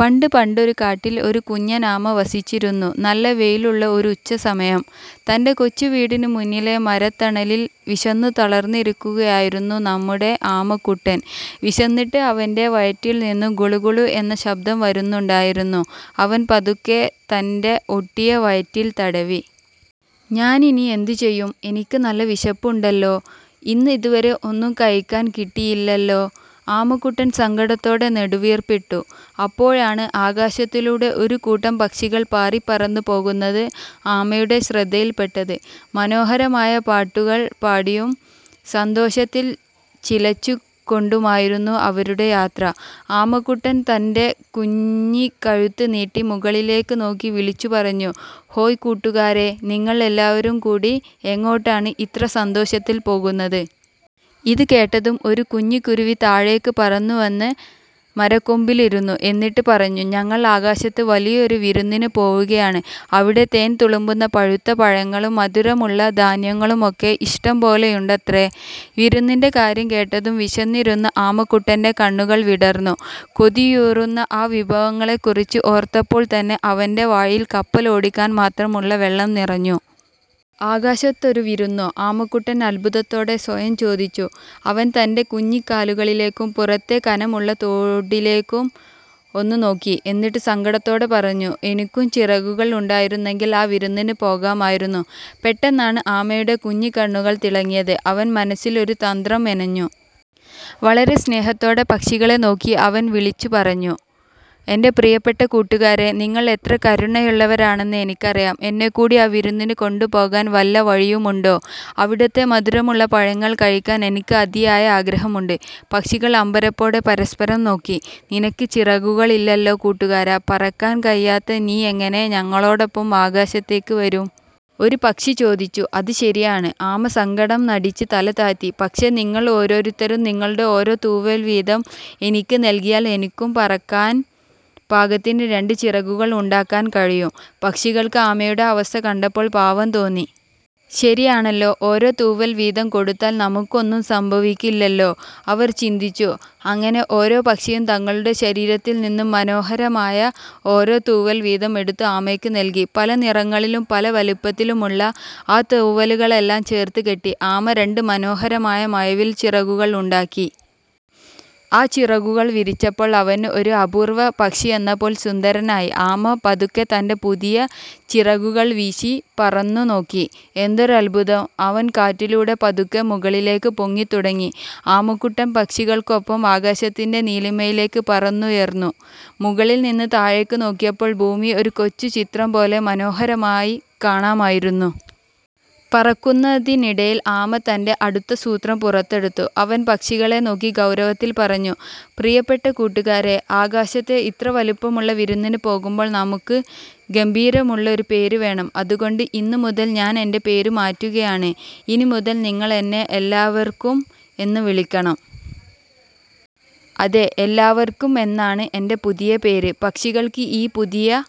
പണ്ട് പണ്ടൊരു കാട്ടിൽ ഒരു കുഞ്ഞനാമ വസിച്ചിരുന്നു. നല്ല വെയിലുള്ള ഒരു ഉച്ചസമയം. തന്റെ കൊച്ചു വീടിന് മുന്നിലെ മരത്തണലിൽ വിശന്നു തളർന്നിരിക്കുകയായിരുന്നു നമ്മുടെ ആമക്കുട്ടൻ. വിശന്നിട്ട് അവന്റെ വയറ്റിൽ നിന്നും 'ഗുളു ഗുളു' എന്ന് ശബ്ദം വരുന്നുണ്ടായിരുന്നു. അവൻ പതുക്കെ തന്റെ ഒട്ടിയ വയറ്റിൽ തടവി. "ഞാനിനി എന്തു ചെയ്യും? എനിക്ക് നല്ല വിശപ്പുണ്ടല്ലോ. ഇന്ന് ഇതുവരെ ഒന്നും കഴിക്കാൻ കിട്ടിയില്ലല്ലോ! " ആമക്കുട്ടൻ സങ്കടത്തോടെ നെടുവീർപ്പിട്ടു. അപ്പോഴാണ്, ആകാശത്തിലൂടെ ഒരു കൂട്ടം പക്ഷികൾ പാറിപറന്നു പോകുന്നത് ആമയുടെ ശ്രദ്ധയിൽപ്പെട്ടത്. മനോഹരമായ പാട്ടുകൾ പാടിയും സന്തോഷത്തിൽ ചിലച്ചു കൊണ്ടുമായിരുന്നു അവരുടെ യാത്ര. ആമക്കുട്ടൻ തന്റെ കുഞ്ഞിക്കഴുത്ത് നീട്ടി മുകളിലേക്ക് നോക്കി വിളിച്ചുചോദിച്ചു, "ഹേയ് കൂട്ടുകാരേ, നിങ്ങൾ എല്ലാവരും കൂടി എങ്ങോട്ടാണ് ഇത്ര സന്തോഷത്തിൽ പോകുന്നത്? " ഇതുകേട്ടതും ഒരു കുഞ്ഞിക്കുരുവി താഴേക്ക് പറന്നുവന്ന് മരക്കൊമ്പിലിരുന്നു. എന്നിട്ട് പറഞ്ഞു. "ഞങ്ങൾ ആകാശത്ത് വലിയൊരു വിരുന്നിന് പോവുകയാണ്. അവിടെ തേൻ തുളുമ്പുന്ന പഴുത്ത പഴങ്ങളും, മധുരമുള്ള ധാന്യങ്ങളുമൊക്കെ ഇഷ്ടം പോലെയുണ്ടത്രേ! വിരുന്നിന്റെ കാര്യം കേട്ടതും വിശന്നിരുന്ന ആമക്കുട്ടന്റെ കണ്ണുകൾ വിടർന്നു! കൊതിയൂറുന്ന ആ വിഭവങ്ങളെക്കുറിച്ച് ഓർത്തപ്പോൾത്തന്നെ അവന്റെ വായിൽ കപ്പലോടിക്കാൻ മാത്രമുള്ള വെള്ളം നിറഞ്ഞു. " "ആകാശത്തൊരു വിരുന്നോ? " ആമക്കുട്ടൻ അത്ഭുതത്തോടെ സ്വയം ചോദിച്ചു. അവൻ തന്റെ കുഞ്ഞിക്കാലുകളിലേക്കും പുറത്തെ കനമുള്ള തോടിലേക്കും ഒന്ന് നോക്കി. എന്നിട്ട് സങ്കടത്തോടെ പറഞ്ഞു: "എനിക്കും ചിറകുകൾ ഉണ്ടായിരുന്നെങ്കിൽ ആ വിരുന്നിന് പോകാമായിരുന്നു. " പെട്ടെന്നാണ് ആമയുടെ കുഞ്ഞിക്കണ്ണുകൾ തിളങ്ങിയത്. അവൻ മനസ്സിൽ ഒരു തന്ത്രം മെനഞ്ഞു. വളരെ സ്നേഹത്തോടെ പക്ഷികളെ നോക്കി അവൻ വിളിച്ചുപറഞ്ഞു: "എന്റെ പ്രിയപ്പെട്ട കൂട്ടുകാരേ, നിങ്ങൾ എത്ര കരുണയുള്ളവരാണെന്ന് എനിക്കറിയാം. എന്നെക്കൂടി ആ വിരുന്നിന് കൊണ്ടുപോകാൻ വല്ല വഴിയുമുണ്ടോ? അവിടുത്തെ മധുരമുള്ള പഴങ്ങൾ കഴിക്കാൻ എനിക്ക് അതിയായ ആഗ്രഹമുണ്ട്! " പക്ഷികൾ അമ്പരപ്പോടെ പരസ്പരം നോക്കി. "നിനക്ക് ചിറകുകളില്ലല്ലോ കൂട്ടുകാരാ, പറക്കാൻ കഴിയാത്ത നീ എങ്ങനെ ഞങ്ങളോടൊപ്പം ആകാശത്തേക്ക് വരും? " ഒരു പക്ഷി ചോദിച്ചു. "അത് ശരിയാണ്," ആമ സങ്കടം നടിച്ച് തല താഴ്ത്തി. "പക്ഷേ, നിങ്ങൾ ഓരോരുത്തരും നിങ്ങളുടെ ഓരോ തൂവൽ വീതം എനിക്ക് നൽകിയാൽ, എനിക്കും പറക്കാൻ പാകത്തിന് രണ്ട് ചിറകുകൾ ഉണ്ടാക്കാൻ കഴിയും! " പക്ഷികൾക്ക് ആമയുടെ അവസ്ഥ കണ്ടപ്പോൾ പാവം തോന്നി. "ശരിയാണല്ലോ, ഓരോ തൂവൽ വീതം കൊടുത്താൽ നമുക്കൊന്നും സംഭവിക്കില്ലല്ലോ," അവർ ചിന്തിച്ചു. അങ്ങനെ ഓരോ പക്ഷിയും തങ്ങളുടെ ശരീരത്തിൽ നിന്ന് മനോഹരമായ ഓരോ തൂവലുകൾ വീതം എടുത്ത് ആമയ്ക്ക് നൽകി. പല നിറങ്ങളിലും പല വലിപ്പത്തിലുമുള്ള ആ തൂവലുകളെല്ലാം ചേർത്ത് കെട്ടി, ആമ രണ്ട് മനോഹരമായ 'മഴവിൽ ചിറകുകൾ' ഉണ്ടാക്കി. ആ ചിറകുകൾ വിരിച്ചപ്പോൾ അവൻ ഒരു അപൂർവ്വ പക്ഷിയെപ്പോലെ സുന്ദരനായി! ആമ പതുക്കെ തന്റെ പുതിയ ചിറകുകൾ വീശി പറന്നു നോക്കി. എന്തൊരത്ഭുതം! അവൻ കാറ്റിലൂടെ പതുക്കെ മുകളിലേക്ക് പൊങ്ങിത്തുടങ്ങി. ആമക്കുട്ടൻ പക്ഷികൾക്കൊപ്പം ആകാശത്തിന്റെ നീലിമയിലേക്ക് പറന്നുയർന്നു. മുകളിൽ നിന്ന് താഴേക്ക് നോക്കിയപ്പോൾ ഭൂമി ഒരു കൊച്ചു ചിത്രം പോലെ മനോഹരമായി കാണാമായിരുന്നു. പറക്കുന്നതിനിടയിൽ ആമ തന്റെ അടുത്ത സൂത്രം പുറത്തെടുത്തു. അവൻ പക്ഷികളെ നോക്കി ഗൗരവത്തിൽ പറഞ്ഞു: "പ്രിയപ്പെട്ട കൂട്ടുകാരേ, ആകാശത്തെ ഇത്ര വലിയൊരു വിരുന്നിന് പോകുമ്പോൾ നമുക്കൊരു ഗാംഭീര്യമുള്ള പേര് വേണം. അതുകൊണ്ട് ഇന്നുമുതൽ ഞാൻ എന്റെ പേര് മാറ്റുകയാണ്. ഇനിമുതൽ നിങ്ങൾ എന്നെ 'എല്ലാവർക്കും' എന്ന് വിളിക്കണം! അതെ, 'എല്ലാവർക്കും' എന്നാണ് എന്റെ പുതിയ പേര്! " പക്ഷികൾക്ക് ഈ പുതിയ